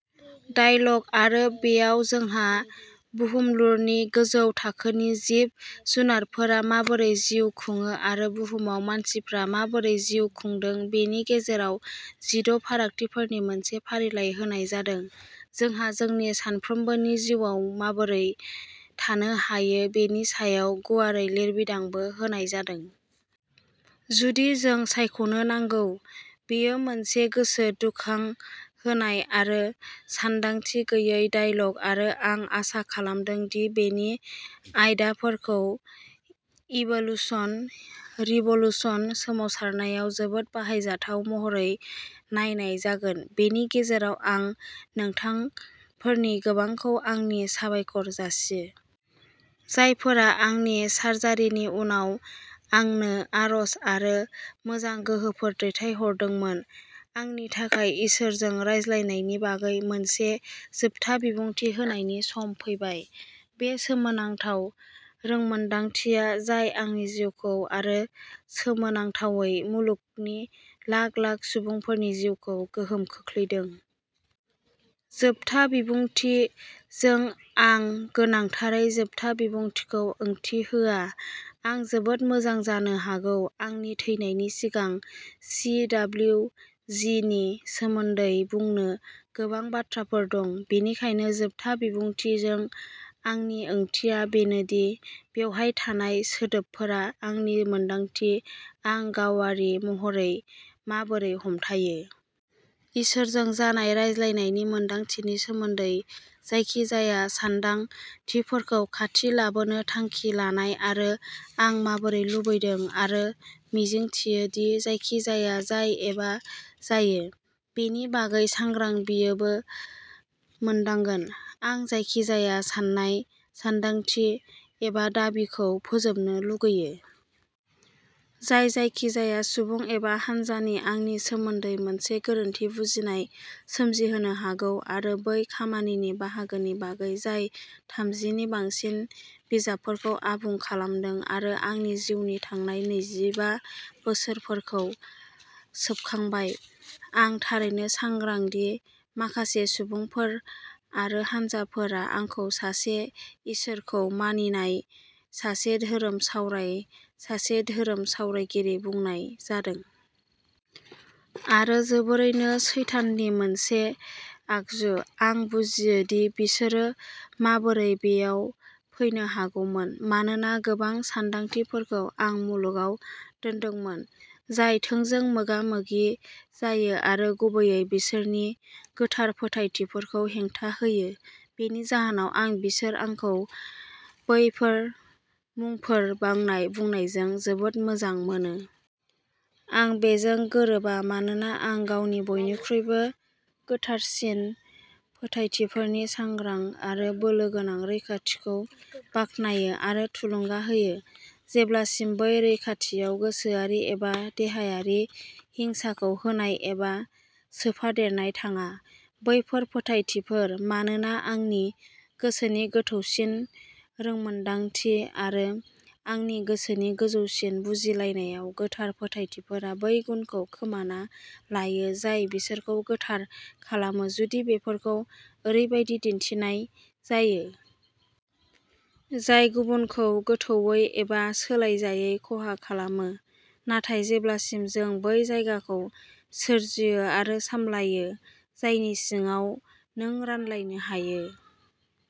Dialogue आरो बेयाव जोंहा बुहुमलुरनि गोजौ थाखोनि जिब-जुनारफोरा माबोरै जिउ खुङो आरो बुहुमाव मानसिफ्रा माबोरै जिउ खुंदों बेनि गेजेराव जिद’ फारागथिफोरनि मोनसे फारिलाइ होनाय जादों। जोंहा जोंनि सानफ्रोमबोनि जिउआव माबोरै थानो हायो बेनि सायाव गुवारै लिरबिदांबो होनाय जादों। जुदि जों सायख'नो नांगौ। बेयो मोनसे गोसो दुंखांहोनाय आरो सानदांथि गैयै डायलग आरो आं आसा खालामदों दि बेनि आयदाफोरखौ इभोलुसन रिभ'लुसन सोमावसारनायाव जोबोद बाहायजाथाव महरै नायनाय जागोन। बेनि गेजेराव आं नोंथांफोरनि गोबांखौ आंनि साबायखर जासियो। जायफोरा आंनि सारजारिनि उनाव आंनो आरज आरो मोजां गोहोफोर दैथायहरदोंमोन। आंनि थाखाय इसोरजों रायज्लायनायनि बागै मोनसे जोबथा बिबुंथि होनायनि सम फैबाय। बे सोमोनांथाव रोंमोनदांथिया जाय आंनि जिउखौ आरो सोमोनांथावै मुलुगनि लाख लाख सुबुंफोरनि जिउखौ गोहोम खोख्लैदों। जोबथा बिबुंथि जों आं गोनांथारै जोबथा बिबुंथिखौ ओंथि होआ। आं जोबोद मोजां जानो हागौ। आंनि थैनायनि सिगां चि.दाब्लिउ. जि. नि सोमोन्दै बुंनो गोबां बाथ्राफोर दं। बेनिखायनो जोबथा बिबुंथि जों आंनि ओंथिया बेनोदि बेवहाय थानाय सोदोबफोरा आंनि मोन्दांथि आं गावारि महरै माबोरै हमथायो। इसोरजों जानाय रायज्लायनायनि मोन्दांथिनि सोमोन्दै जायखिजाया सान्दांथिफोरखौ खाथि लाबोनो थांखि लानाय आरो आं माबोरै लुबैदों आरो मिजिंथियो दि जायखिजाया जाय एबा जायो। बेनि बागै सांग्रां बियोबो मोनदांगोन। आं जायखिजाया साननाय, सानदांथि, एबा दाबिखौ फोजोबनो लुगैयो। जाय जायखिजाया सुबुं एबा हान्जानि आंनि सोमोन्दै मोनसे गोरोन्थि बुजिनाय सोमजिहोनो हागौ आरो बै खामानिनि बाहागोनि बागै जाय थामजि नि बांसिन बिजाबफोरखौ आबुं खालामदों आरो आंनि जिउनि थांनाय नैजि बा बोसोरफोरखौ सोबखांबाय। आं थारैनो सांग्रां दि माखासे सुबुंफोर आरो हानजाफोरा आंखौ सासे इसोरखौ मानिनाय सासे धोरोम सावराय सासे धोरोम सावरायगिरि बुंनाय जादों। आरो जोबोरैनो सैताननि मोनसे आगजु। आं बुजियो दि बिसोरो माबोरै बेयाव फैनो हागौमोन। मानोना गोबां सानदांथिफोरखौ आं मुलुगाव दोनदोंमोन। जाय थोंजों मोगा-मोगि जायो आरो गुबैयै बिसोरनि गोथार फोथायथिफोरखौ हेंथा होयो। बेनि जाहोनाव आं बिसोर आंखौ बैफोर मुंफोर बांनाय बुंनायजों जोबोद मोजां मोनो। आं बेजों गोरोबा मानोना आं गावनि बयनिख्रुइबो गोथारसिन फोथायथिफोरनि सांग्रां आरो बोलोगोनां रैखाथिखौ बाखनायो आरो थुलुंगा होयो। जेब्लासिम बै रैखाथियाव गोसोआरि एबा देहायारि हिंसाखौ होनाय एबा सोफादेरनाय थाङा। बैफोर फोथायथिफोर। मानोना आंनि गोसोनि गोथौसिन रोंमोनदांथि आरो आंनि गोसोनि गोजौसिन बुजिलायनायाव गोथार फोथायथिफोरा बै गुनखौ खोमाना लायो जाय बिसोरखौ गोथार खालामो जुदि बेफोरखौ ओरैबायदि दिन्थिनाय जायो। जाय गुबुनखौ गोथौवै एबा सोलायजायै खहा खालामो। नाथाय जेब्लासिम जों बै जायगाखौ सोरजियो आरो सामलायो जायनि सिङाव नों रानलायनो हायो।